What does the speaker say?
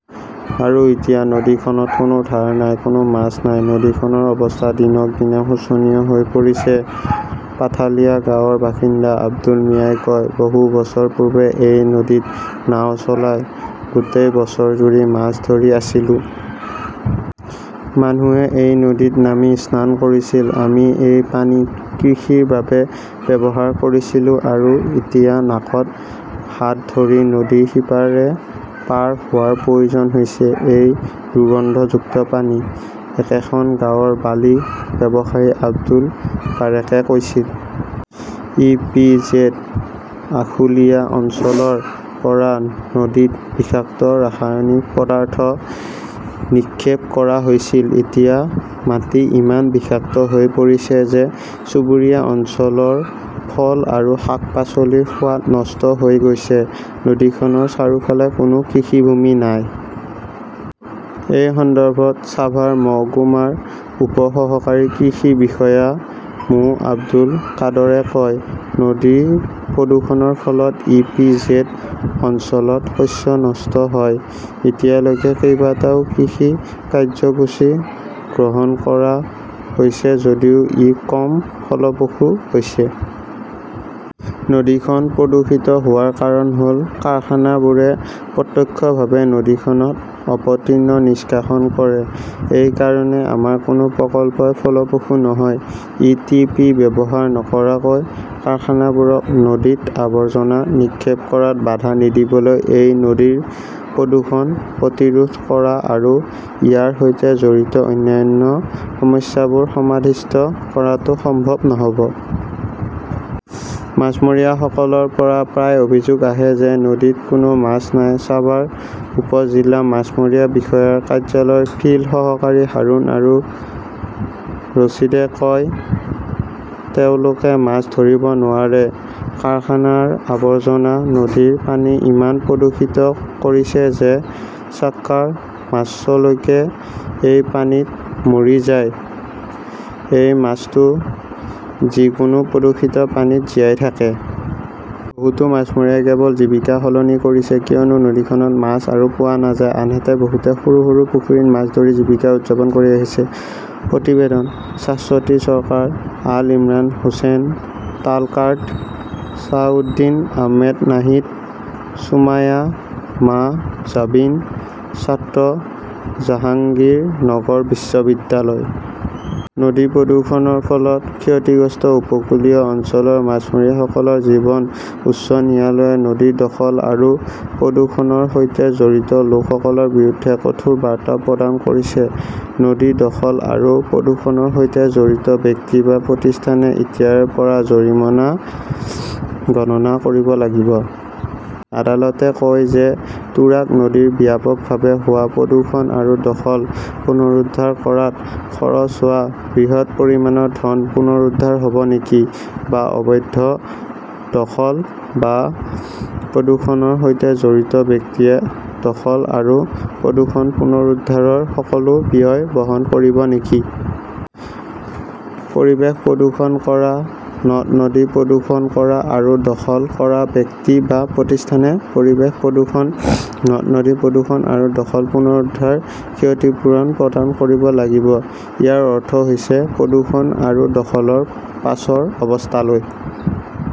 আৰু এতিয়া নদীখনত কোনো ধাৰ নাই, কোনো মাছ নাই। "নদীখনৰ অৱস্থা দিনক দিনে শোচনীয় হৈ পৰিছে", পাথালিয়া গাঁৱৰ বাসিন্দা আব্দুল মিয়াই কয়। "বহু বছৰ পূৰ্বে এই নদীত নাও চলাই গোটেই বছৰজুৰি মাছ ধৰি আছিলো। মানুহে এই নদীত নামি স্নান কৰিছিল। আমি এই পানী কৃষিৰ বাবে ব্যৱহাৰ কৰিছিলো আৰু এতিয়া নাকত হাত ধৰি নদীৰ সিপাৰে পাৰ হোৱাৰ প্ৰয়োজন হৈছে, এই দুৰ্গন্ধযুক্ত পানী", একেখন গাঁৱৰ বালি ব্যৱসায়ী আব্দুল বাৰেকে কৈছিল। ই. পি. জেড. আশুলিয়া অঞ্চলৰ পৰা নদীত বিষাক্ত ৰাসায়নিক পদাৰ্থ নিক্ষেপ কৰা হৈছিল। এতিয়া মাটি ইমান বিষাক্ত হৈ পৰিছে যে চুবুৰীয়া অঞ্চলৰ ফল আৰু শাক-পাচলিৰ সোৱাদ নষ্ট হৈ গৈছে। নদীখনৰ চাৰিওফালে কোনো কৃষিভূমি নাই। এই সন্দৰ্ভত ছাভাৰ মহকুমাৰ উপ সহকাৰী কৃষি বিষয়া মো. আব্দুল কাদৰে কয়- "নদীৰ প্ৰদূষণৰ ফলত ই. পি. জেড. অঞ্চলত শস্য নষ্ট হয়, এতিয়ালৈকে কেইবাটাও কৃষি কাৰ্যসূচী গ্ৰহণ কৰা হৈছে যদিও ই কম ফলপ্ৰসূ হৈছে। নদীখন প্ৰদূষিত হোৱাৰ কাৰণ হ'ল কাৰখানাবোৰে প্ৰত্যক্ষভাৱে নদীখনত অপতৃণ নিষ্কাশন কৰে। এই কাৰণে আমাৰ কোনো প্ৰকল্পই ফলপ্ৰসূ নহয়"। ই. টি. পি. ব্যৱহাৰ নকৰাকৈ কাৰখানাবোৰক নদীত আৱৰ্জনা নিক্ষেপ কৰাত বাধা নিদিবলৈ এই নদীৰ প্ৰদূষণ প্ৰতিৰোধ কৰা আৰু ইয়াৰ সৈতে জড়িত অন্যান্য সমস্যাবোৰ সমাধিস্থ কৰাটো সম্ভৱ নহ'ব। "মাছমৰীয়াসকলৰ পৰা প্ৰায়ে অভিযোগ আহে যে নদীত কোনো মাছ নাই", ছাবাৰ উপ-জিলা মাছমৰীয়া বিষয়াৰ কাৰ্যালয় ফিল্ড সহকাৰী হাৰুন আৰু ৰছিদে কয়। তেওঁলোকে মাছ ধৰিব নোৱাৰে। কাৰখানাৰ আৱৰ্জনা নদীৰ পানী ইমান প্ৰদূষিত কৰিছে যে ছাক্কাৰ মাছলৈকে এই পানীত মৰি যায়, এই মাছটো যিকোনো প্ৰদূষিত পানীত জীয়াই থাকে। বহুতো মাছমৰীয়াই কেৱল জীৱিকা সলনি কৰিছে কিয়নো নদীখনত মাছ আৰু পোৱা নাযায়, আনহাতে বহুতে সৰু সৰু পুখুৰীত মাছ ধৰি জীৱিকা উযাপন কৰি আছে। প্ৰতিবেদনঃ শাশ্বতী চৰকাৰ, আল ইমৰান হোসেন তালকাৰ্ড, ছাউদ্দিন আহমেদ নাহিদ, সুমাইয়া মাহজাবিন, ছাত্ৰ, জাহাংগীৰনগৰ বিশ্ববিদ্যালয়। নদীৰ প্ৰদূষণৰ ফলত ক্ষতিগ্ৰস্ত উপকূলীয় অঞ্চলৰ মাছমৰীয়াসকলৰ জীৱন উচ্চ ন্যায়ালয়ে নদী দখল আৰু প্ৰদূষণৰ সৈতে জড়িত লোকসকলৰ বিৰুদ্ধে কঠোৰ বাৰ্তা প্ৰদান কৰিছে। নদী দখল আৰু প্ৰদূষণৰ সৈতে জড়িত ব্যক্তি বা প্ৰতিষ্ঠানে এতিয়াৰ পৰা জৰিমনা গণনা কৰিব লাগিব। আদালতে কয় যে তুৰাগ নদীত ব্যাপকভাৱে হোৱা প্ৰদূষণ আৰু দখল পুনৰুদ্ধাৰ কৰাত খৰচ হোৱা বৃহৎ পৰিমাণৰ ধন পুনৰুদ্ধাৰ হ'ব নেকি? বা অবৈধ দখল বা প্ৰদূষণৰ সৈতে জড়িত ব্যক্তিয়ে দখল আৰু প্ৰদূষণ পুনৰুদ্ধাৰৰ সকলো ব্যয় বহন কৰিব নেকি? পৰিৱেশ প্ৰদূষণ কৰা, নদ-নদী প্ৰদূষণ কৰা আৰু দখল কৰা ব্যক্তি বা প্ৰতিষ্ঠানে পৰিৱেশ প্ৰদূষণ, নদ-নদী প্ৰদূষণ আৰু দখল পুনৰুদ্ধাৰৰ ক্ষতিপূৰণ প্ৰদান কৰিব লাগিব। ইয়াৰ অৰ্থ হৈছে প্ৰদূষণ আৰু দখলৰ পিছৰ অৱস্থালৈ